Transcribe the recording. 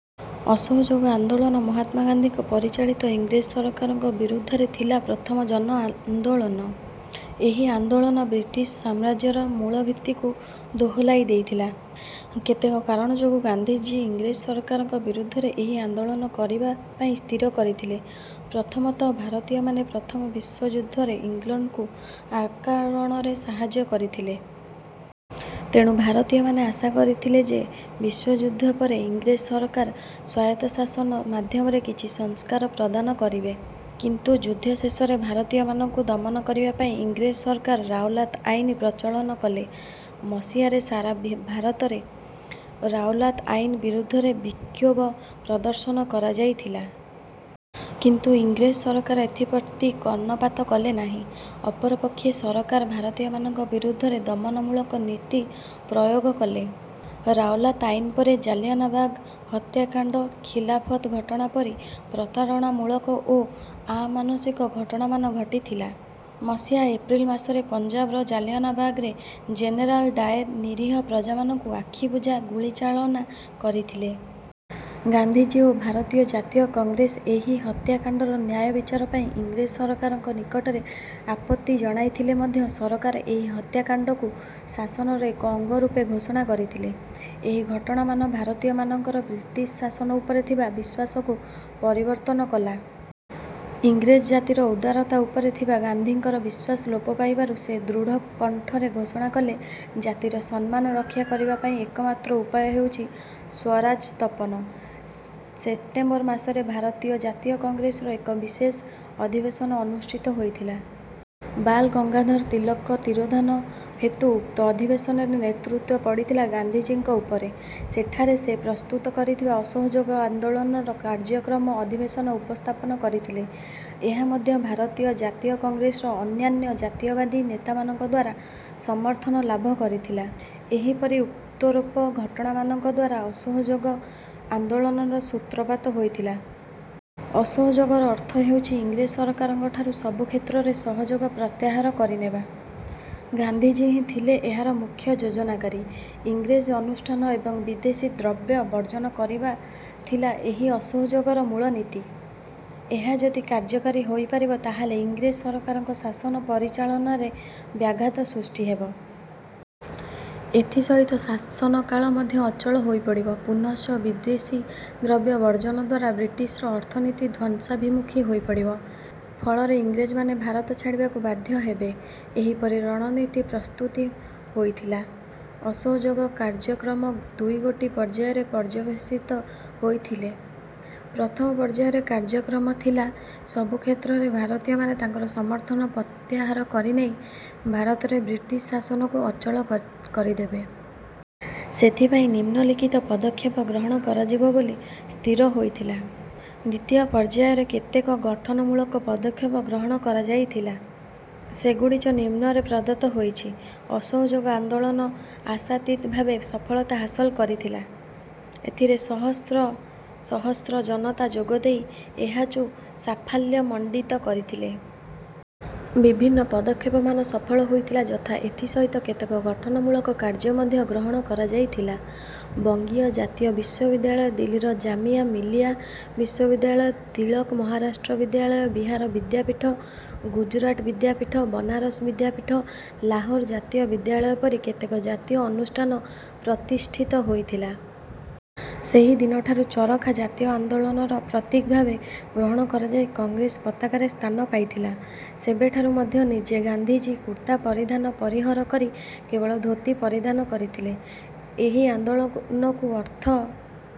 ଅସହଯୋଗ ଆନ୍ଦୋଳନ ମହାତ୍ମା ଗାନ୍ଧୀଙ୍କ ପରିଚାଳିତ ଇଂରେଜ ସରକାରଙ୍କ ବିରୁଦ୍ଧରେ ଥିଲା ପ୍ରଥମ ଜନ ଆନ୍ଦୋଳନ। ଏହି ଆନ୍ଦୋଳନ ବ୍ରିଟିଶ ସାମ୍ରାଜ୍ୟର ମୂଳଭିତ୍ତିକୁ ଦୋହଲାଇ ଦେଇଥିଲା। କେତେକ କାରଣ ଯୋଗୁଁ ଗାନ୍ଧିଜୀ ଇଂରେଜ ସରକାରଙ୍କ ବିରୁଦ୍ଧରେ ଏହି ଆନ୍ଦୋଳନ କରିବା ପାଇଁ ସ୍ଥିର କରିଥିଲେ। ପ୍ରଥମତଃ ଭାରତୀୟମାନେ ପ୍ରଥମ ବିଶ୍ୱଯୁଦ୍ଧରେ ଇଂଲଣ୍ଡକୁ ଆକାରଣରେ ସାହାଯ୍ୟ କରିଥିଲେ। ତେଣୁ ଭାରତୀୟମାନେ ଆଶା କରିଥିଲେ ଯେ ବିଶ୍ୱଯୁଦ୍ଧ ପରେ ଇଂରେଜ ସରକାର ସ୍ୱାୟତ ଶାସନ ମାଧ୍ୟମରେ କିଛି ସଂସ୍କାର ପ୍ରଦାନ କରିବେ। କିନ୍ତୁ ଯୁଦ୍ଧ ଶେଷରେ ଭାରତୀୟମାନଙ୍କୁ ଦମନ କରିବା ପାଇଁ ଇଂରେଜ ସରକାର ରାଓଲାତ୍ ଆଇନ ପ୍ରଚଳନ କଲେ। ମସିହାରେ ସାରା ଭେ ଭାରତରେ ରାଓଲାତ୍ ଆଇନ ବିରୁଦ୍ଧରେ ବିକ୍ଷୋଭ ପ୍ରଦର୍ଶନ କରାଯାଇଥିଲା। କିନ୍ତୁ ଇଂରେଜ ସରକାର ଏଥିପ୍ରତି କର୍ଣ୍ଣପାତ କଲେ ନାହିଁ। ଅପରପକ୍ଷେ ସରକାର ଭାରତୀୟମାନଙ୍କ ବିରୁଦ୍ଧରେ ଦମନମୂଳକ ନୀତି ପ୍ରୟୋଗ କଲେ। ରାଓଲାତ୍ ଆଇନ ପରେ ଜଳିଆନାୱାଗ୍ ହତ୍ୟାକାଣ୍ଡ, ଖିଲାଫତ୍ ଘଟଣା ପରି ପ୍ରତାରଣାମୂଳକ ଓ ଆମାନୁଷିକ ଘଟଣାମାନ ଘଟିଥିଲା। ମସିହା ଏପ୍ରିଲ ମାସରେ ପଞ୍ଜାବର ଜାଲିଆନାବାଗରେ ଜେନେରାଲ୍ ଡାୟାର ନିରୀହ ପ୍ରଜାମାନଙ୍କୁ ଆଖିବୁଜା ଗୁଳିଚାଳନା କରିଥିଲେ। ଗାନ୍ଧିଜୀ ଓ ଭାରତୀୟ ଜାତୀୟ କଂଗ୍ରେସ ଏହି ହତ୍ୟାକାଣ୍ଡର ନ୍ୟାୟ ବିଚାର ପାଇଁ ଇଂରେଜ ସରକାରଙ୍କ ନିକଟରେ ଆପତ୍ତି ଜଣାଇଥିଲେ ମଧ୍ୟ ସରକାର ଏହି ହତ୍ୟାକାଣ୍ଡକୁ ଶାସନର ଏକ ଅଙ୍ଗ ରୂପେ ଘୋଷଣା କରିଥିଲେ। ଏହି ଘଟଣାମାନ ଭାରତୀୟମାନଙ୍କର ବ୍ରିଟିଶ ଶାସନ ଉପରେ ଥିବା ବିଶ୍ୱାସକୁ ପରିବର୍ତ୍ତନ କଲା। ଇଂରେଜ ଜାତିର ଉଦାରତା ଉପରେ ଥିବା ଗାନ୍ଧିଙ୍କର ବିଶ୍ୱାସ ଲୋପ ପାଇବାରୁ ସେ ଦୃଢ କଣ୍ଠରେ ଘୋଷଣା କଲେ, ଜାତିର ସମ୍ନାନ ରକ୍ଷା ପାଇଁ ଏକମାତ୍ର ଉପାୟ ହେଉଛି ସ୍ୱରାଜ ସ୍ଥପନ। ସେପ୍ଟେମ୍ବର ମାସରେ ଭାରତୀୟ ଜାତୀୟ କଂଗ୍ରେସର ଏକ ବିଶେଷ ଅଧିବେଶନ ଅନୁଷ୍ଠିତ ହୋଇଥିଲା। ବାଲ୍ ଗଙ୍ଗାଧର ତିଳକଙ୍କ ତିରୋଧାନ ହେତୁ ଉକ୍ତ ଅଧିବେଶନରେ ନେତୃତ୍ୱ ପଡିଥିଲା ଗାନ୍ଧିଜୀଙ୍କ ଉପରେ। ସେଠାରେ ସେ ପ୍ରସ୍ତୁତ କରିଥିବା ଅସହଯୋଗ ଆନ୍ଦୋଳନର କାର୍ଯ୍ୟକ୍ରମ ଅଧିବେଶନ ଉପସ୍ଥାପନ କରିଥିଲେ। ଏହା ମଧ୍ୟ ଭାରତୀୟ ଜାତୀୟ କଂଗ୍ରେସର ଅନ୍ୟାନ୍ୟ ଜାତୀୟବାଦୀ ନେତାମାନଙ୍କଦ୍ୱାରା ସମର୍ଥନ ଲାଭ କରିଥିଲା। ଏହିପରି ଉକ୍ତୋରୋପ ଘଟଣାମାନଙ୍କଦ୍ୱାରା ଅସହଯୋଗ ଆନ୍ଦୋଳନର ସୂତ୍ରପାତ ହୋଇଥିଲା। ଅସହଯୋଗର ଅର୍ଥ ହେଉଛି ଇଂରେଜ ସରକାରଙ୍କଠାରୁ ସବୁ କ୍ଷେତ୍ରରେ ସହଯୋଗ ପ୍ରତ୍ୟାହାର କରିନେବା। ଗାନ୍ଧିଜୀ ହିଁ ଥିଲେ ଏହାର ମୁଖ୍ୟ ଯୋଜନାକାରୀ। ଇଂରେଜ ଅନୁଷ୍ଠାନ ଏବଂ ବିଦେଶୀ ଦ୍ରବ୍ୟ ବର୍ଜନ କରିବା ଥିଲା ଏହି ଅସହଯୋଗର ମୂଳନୀତି। ଏହା ଯଦି କାର୍ଯ୍ୟକାରୀ ହୋଇପାରି୍ବ ତାହାଲେ ଇଂରେଜ ସରକାରଙ୍କ ଶାସନ ପରିଚାଳନାରେ ବ୍ୟାଘାତ ସୃଷ୍ଟି ହେବ। ଏଥିସହିତ ଶାସନକାଳ ମଧ୍ୟ ଅଚଳ ହୋଇପଡିବ। ପୁନଶ୍ଚ ବିଦେଶୀ ଦ୍ରବ୍ୟ ବର୍ଜନଦ୍ୱାରା ବ୍ରିଟିଶର ଅର୍ଥନୀତି ଧ୍ୱଂସାଭିମୁଖୀ ହୋଇପଡିବ। ଫଳରେ ଇଂରେଜମାନେ ଭାରତ ଛାଡିବାକୁ ବାଧ୍ୟ ହେବେ। ଏହିପରି ରଣନୀତି ପ୍ରସ୍ତୁତ ହୋଇଥିଲା। ଅସହଯୋଗ କାର୍ଯ୍ୟକ୍ରମ ଦୁଇଗୋଟି ପର୍ଯ୍ୟାୟରେ ପର୍ଯ୍ୟବେଶିତ ହୋଇଥିଲେ। ପ୍ରଥମ ପର୍ଯ୍ୟାୟରେ କାର୍ଯ୍ୟକ୍ରମ ଥିଲା ସବୁକ୍ଷେତ୍ରରେ ଭାରତୀୟମାନେ ତାଙ୍କର ସମର୍ଥନ ପତ୍ୟାହାର କରିନେଇ ଭାରତରେ ବ୍ରିଟିଶ ଶାସନକୁ ଅଚଳ କ କରିଦେବେ। ସେଥିପାଇଁ ନିମ୍ନଲିଖିତ ପଦକ୍ଷେପ ଗ୍ରହଣ କରାଯିବ ବୋଲି ସ୍ଥିର ହୋଇଥିଲା। ଦ୍ୱିତୀୟ ପର୍ଯ୍ୟାୟରେ କେତେକ ଗଠନମୂଳକ ପଦକ୍ଷେପ ଗ୍ରହଣ କରାଯାଇଥିଲା। ସେଗୁଡିଚ ନିମ୍ନରେ ପ୍ରଦତ୍ତ ହୋଇଛି ଅସହଯୋଗ ଆନ୍ଦୋଳନ ଆଶାତୀତ ଭାବେ ସଫଳତା ହାସଲ କରିଥିଲା। ଏଥିରେ ସହସ୍ର ସହସ୍ର ଜନତା ଯୋଗଦେଇ ଏହାଚୁ ସାଫାଲ୍ୟମଣ୍ଡିତ କରିଥିଲେ। ବିଭିନ୍ନ ପଦକ୍ଷେପମାନ ସଫଳ ହୋଇଥିଲା, ଯଥା ଏଥି ସହିତ କେତେକ ଗଠନମୂଳକ କାର୍ଯ୍ୟ ମଧ୍ୟ ଗ୍ରହଣ କରାଯାଇଥିଲା। ବଙ୍ଗୀୟ ଜାତୀୟ ବିଶ୍ୱବିଦ୍ୟାଳୟ, ଦିଲ୍ଲୀର ଜାମିଆ ମିଲିଆ ବିଶ୍ୱବିଦ୍ୟାଳୟ, ତିଳକ ମହାରାଷ୍ଟ୍ର ବିଦ୍ୟାଳୟ, ବିହାର ବିଦ୍ୟାପୀଠ, ଗୁଜରାଟ ବିଦ୍ୟାପୀଠ, ବନାରସ ବିଦ୍ୟାପୀଠ, ଲାହୋର ଜାତୀୟ ବିଦ୍ୟାଳୟ ପରି କେତେକ ଜାତୀୟ ଅନୁଷ୍ଠାନ ପ୍ରତିଷ୍ଠିତ ହୋଇଥିଲା। ସେହି ଦିନଠାରୁ ଚରଖା ଜାତୀୟ ଆନ୍ଦୋଳନର ପ୍ରତୀକ ଭାବେ ଗ୍ରହଣ କରାଯାଇ କଂଗ୍ରେସ ପତାକାରେ ସ୍ଥାନ ପାଇଥିଲା। ସେବେଠାରୁ ମଧ୍ୟ ନିଜେ ଗାନ୍ଧିଜୀ କୁର୍ତ୍ତା ପରିଧାନ ପରିହର କରି କେବଳ ଧୋତି ପରିଧାନ କରିଥିଲେ। ଏହି ଆନ୍ଦୋଳକୁନକୁ ଅର୍ଥ